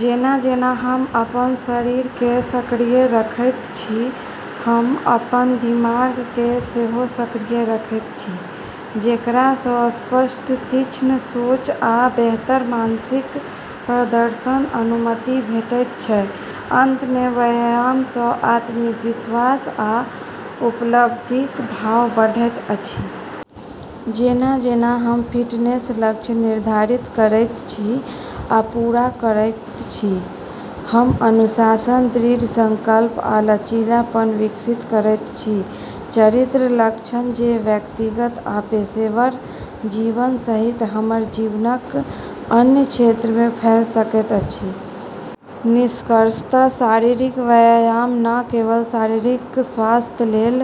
जेना-जेना हम अपन शरीरकेँ सक्रिय रखैत छी, हम अपन दिमागकेँ सेहो सक्रिय रखैत छी, जेकरासँ स्पष्ट, तीक्ष्ण सोच आ बेहतर मानसिक प्रदर्शनक अनुमति भेटैत छै। अंतमे व्यायामसँ आत्मविश्वास आ उपलब्धिक भाव बढ़ैत अछि। जेना-जेना हम फिटनेस लक्ष्य निर्धारित करैत छी आ पूरा करैत छी, हम अनुशासन, दृढ़ संकल्प आ लचीलापन विकसित करैत छी-चरित्र लक्षण जे व्यक्तिगत आ पेशेवर जीवन सहित हमर जीवनक अन्य क्षेत्रमे फैल सकैत अछि। निष्कर्षतः शारीरिक व्यायाम न केवल शारीरिक स्वास्थ्यलेल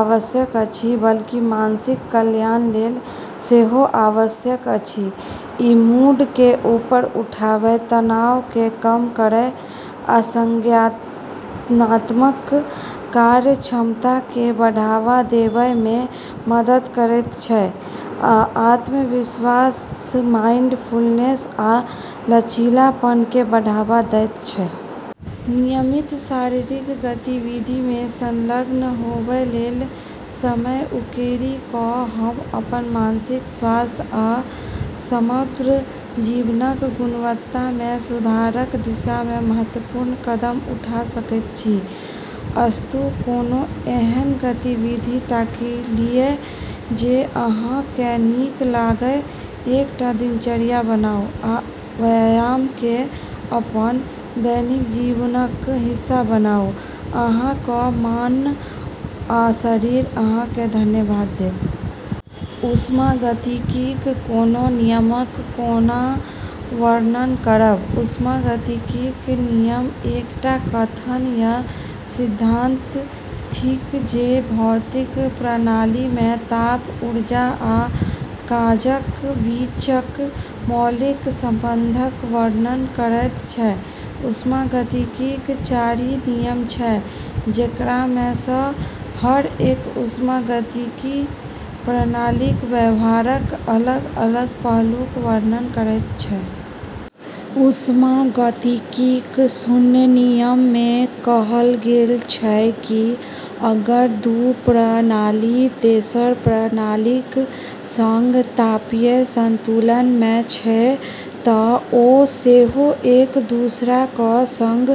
आवश्यक अछि, बल्कि मानसिक कल्याणलेल सेहो आवश्यक अछि। ई मूडकेँ ऊपर उठाबै, तनावकेँ कम करै, आ संज्ञानात्मक कार्यक्षमताकेँ बढ़ावा देबैमे मदद करैत छै, आ आत्मविश्वास, माइंडफुलनेस आ लचीलापनकेँ बढ़ावा दैत छै। नियमित शारीरिक गतिविधिमे संलग्न होबैलेल समय उकेरि कऽ हम अपन मानसिक स्वास्थ्य आ समग्र जीवनक गुणवत्तामे सुधारक दिशामे महत्वपूर्ण कदम उठा सकैत छी। अस्तु, कोनो एहन गतिविधि ताकि लिअ जे अहाँकेँ नीक लागय, एकटा दिनचर्या बनाउ, आ व्यायामकेँ अपन दैनिक जीवनक हिस्सा बनाउ - अहाँक मन आ शरीर अहाँकेँ धन्यवाद देत! ऊष्मागतिकीक कोनो नियमक कोना वर्णन करब? ऊष्मागतिकीक नियम एकटा कथन या सिद्धांत थिक जे भौतिक प्रणालीमे ताप, ऊर्जा आ काजक बीचक मौलिक संबंधक वर्णन करैत छै। ऊष्मागतिकीक चारि नियम छै, जेकरामे सँ हर एक ऊष्मागतिकी प्रणालीक व्यवहारक अलग-अलग पहलूक वर्णन करैत छै। ऊष्मागतिकीक शून्य नियममे कहल गेल छै कि अगर दू प्रणाली तेसर प्रणालीक संग तापीय संतुलनमे छै तँ ओ सेहो एक-दूसराक संग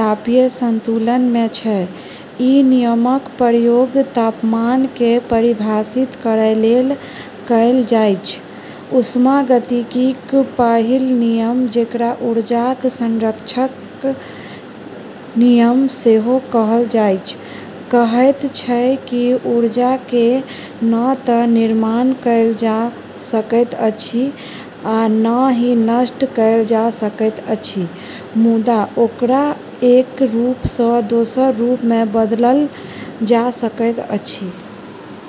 तापीय संतुलनमे छै। ई नियमक प्रयोग तापमानकेँ परिभाषित करैलेल कएल जाइछ। ऊष्मागतिकीक पहिल नियम, जेकरा ऊर्जाक संरक्षणक नियम सेहो कहल जाइछ, कहैत छै कि ऊर्जाकेँ न तँ निर्माण कएल जा सकैत अछि आ न ही नष्ट कएल जा सकैत अछि, मुदा ओकरा एक रूपसँ दोसर रूपमे बदलल जा सकैत अछि।